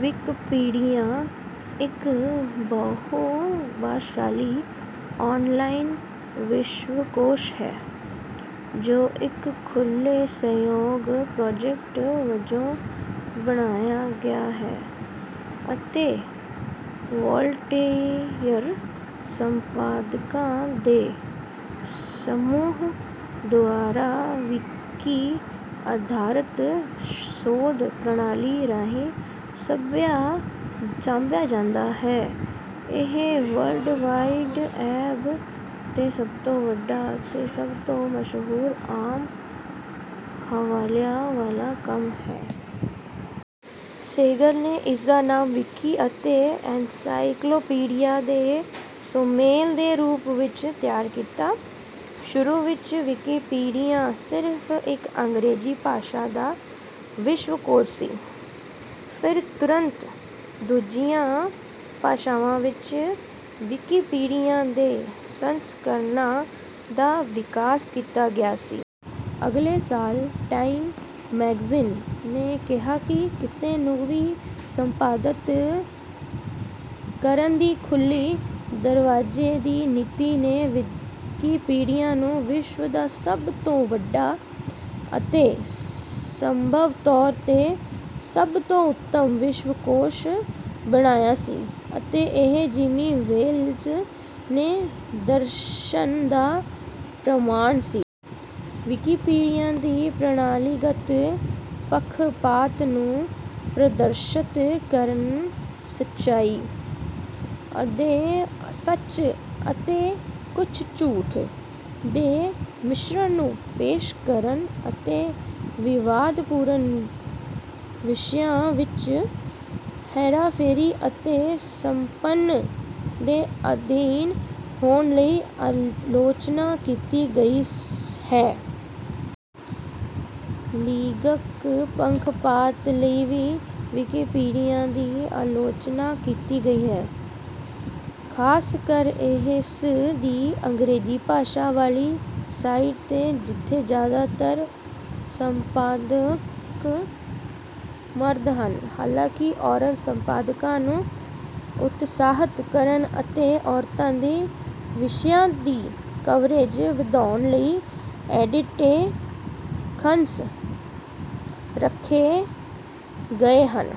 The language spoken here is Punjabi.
ਵਿਕੀਪੀਡੀਆ ਇੱਕ ਬਹੁਭਾਸ਼ਾਈ ਆਨਲਾਈਨ ਵਿਸ਼ਵਕੋਸ਼ ਹੈ, ਜੋ ਇੱਕ ਖੁੱਲੇ ਸਹਿਯੋਗ ਪ੍ਰੋਜੈਕਟ ਵਜੋਂ ਬਣਾਇਆ ਗਿਆ ਹੈ। ਅਤੇ ਵਾਲਟੀਅਰ ਸੰਪਾਦਕਾਂ ਦੇ ਸਮੂਹ ਦੁਆਰਾ ਵਿਕੀ-ਅਧਾਰਿਤ ਸ਼ੋਧ ਪ੍ਰਣਾਲੀ ਰਾਹੀਂ ਸਾਂਭਿਆ ਜਾਂਦਾ ਹੈ। ਇਹ ਵਰਲਡ ਵਾਈਡ ਵੈੱਬ 'ਤੇ ਸਭ ਤੋਂ ਵੱਡਾ ਅਤੇ ਸਭ ਤੋਂ ਮਸ਼ਹੂਰ, ਆਮ ਹਵਾਲਿਆਂ ਵਾਲਾ ਕੰਮ ਹੈ। ਸੇਂਗਰ ਨੇ ਇਸਦਾ ਨਾਮ "ਵਿਕੀ" ਅਤੇ "ਐਨਸਾਈਕਲੋਪੀਡੀਆ" ਦੇ ਸੁਮੇਲ ਦੇ ਰੂਪ ਵਿੱਚ ਤਿਆਰ ਕੀਤਾ। ਸ਼ੁਰੂ ਵਿਚ ਵਿਕੀਪੀਡੀਆ ਸਿਰਫ ਇਕ ਅੰਗਰੇਜ਼ੀ ਭਾਸ਼ਾ ਦਾ ਵਿਸ਼ਵ ਕੋਸ਼ ਸੀ, ਫਿਰ ਤੁਰੰਤ ਦੂਜੀਆਂ ਭਾਸ਼ਾਵਾਂ ਵਿਚ ਵਿਕੀਪੀਡੀਆ ਦੇ ਸੰਸਕਰਣਾਂ ਦਾ ਵਿਕਾਸ ਕੀਤਾ ਗਿਆ ਸੀ। ਅਗਲੇ ਸਾਲ, ਟਾਈਮ ਮੈਗਜ਼ੀਨ ਨੇ ਕਿਹਾ ਕਿ ਕਿਸੇ ਨੂੰ ਵੀ ਸੰਪਾਦਿਤ ਕਰਨ ਦੀ ਖੁੱਲ੍ਹੀ ਦਰਵਾਜ਼ੇ ਦੀ ਨੀਤੀ ਨੇ ਵਿਕੀਪੀਡੀਆ ਨੂੰ ਵਿਸ਼ਵ ਦਾ ਸਭ ਤੋਂ ਵੱਡਾ ਅਤੇ ਸੰਭਵ ਤੌਰ 'ਤੇ ਸਭ ਤੋਂ ਉੱਤਮ ਵਿਸ਼ਵ ਕੋਸ਼ ਬਣਾਇਆ ਸੀ, ਅਤੇ ਇਹ ਜਿੰਮੀ ਵੇਲਜ਼ ਨੇ ਦਰਸ਼ਨ ਦਾ ਪ੍ਰਮਾਣ ਸੀ। ਵਿਕੀਪੀਡੀਆ ਦੀ ਪ੍ਰਣਾਲੀਗਤ ਪੱਖਪਾਤ ਨੂੰ ਪ੍ਰਦਰਸ਼ਤ ਕਰਨ, "ਸੱਚਾਈ, ਅੱਧੇ ਸੱਚ ਅਤੇ ਕੁਛ ਝੂਠ" ਦੇ ਮਿਸ਼ਰਣ ਨੂੰ ਪੇਸ਼ ਕਰਨ ਅਤੇ ਵਿਵਾਦਪੂਰਨ ਵਿਸ਼ਿਆਂ ਵਿਚ ਹੇਰਾਫੇਰੀ ਅਤੇ ਸੰਪਨ ਦੇ ਅਧੀਨ ਹੋਣ ਲਈ ਅਲੋਚਨਾ ਕੀਤੀ ਗਈ ਹੈ। ਲਿਗਕ ਪੰਖਪਾਤ ਲਈ ਵੀ ਵਿਕੀਪੀਡੀਆ ਦੀ ਅਲੋਚਨਾ ਕੀਤੀ ਗਈ ਹੈ, ਖ਼ਾਸਕਰ ਇਸ ਦੀ ਅੰਗ੍ਰੇਜ਼ੀ ਭਾਸ਼ਾ ਵਾਲੀ ਸਾਈਟ ਤੇ, ਜਿਥੇ ਜ਼ਿਆਦਾਤਰ ਸੰਪਾਦਕ ਮਰਦ ਹਨ। ਹਾਲਾਂਕਿ, ਔਰਤ ਸੰਪਾਦਕਾਂ ਨੂੰ ਉਤਸ਼ਾਹਤ ਕਰਨ ਅਤੇ ਔਰਤਾਂ ਦੀ ਵਿਸ਼ਿਆਂ ਦੀ ਕਵਰੇਜ ਵਧਾਉਣ ਲਈ ਐਡੀਟ-ਏ-ਥਨਸ ਰੱਖੇ ਗਏ ਹਨ।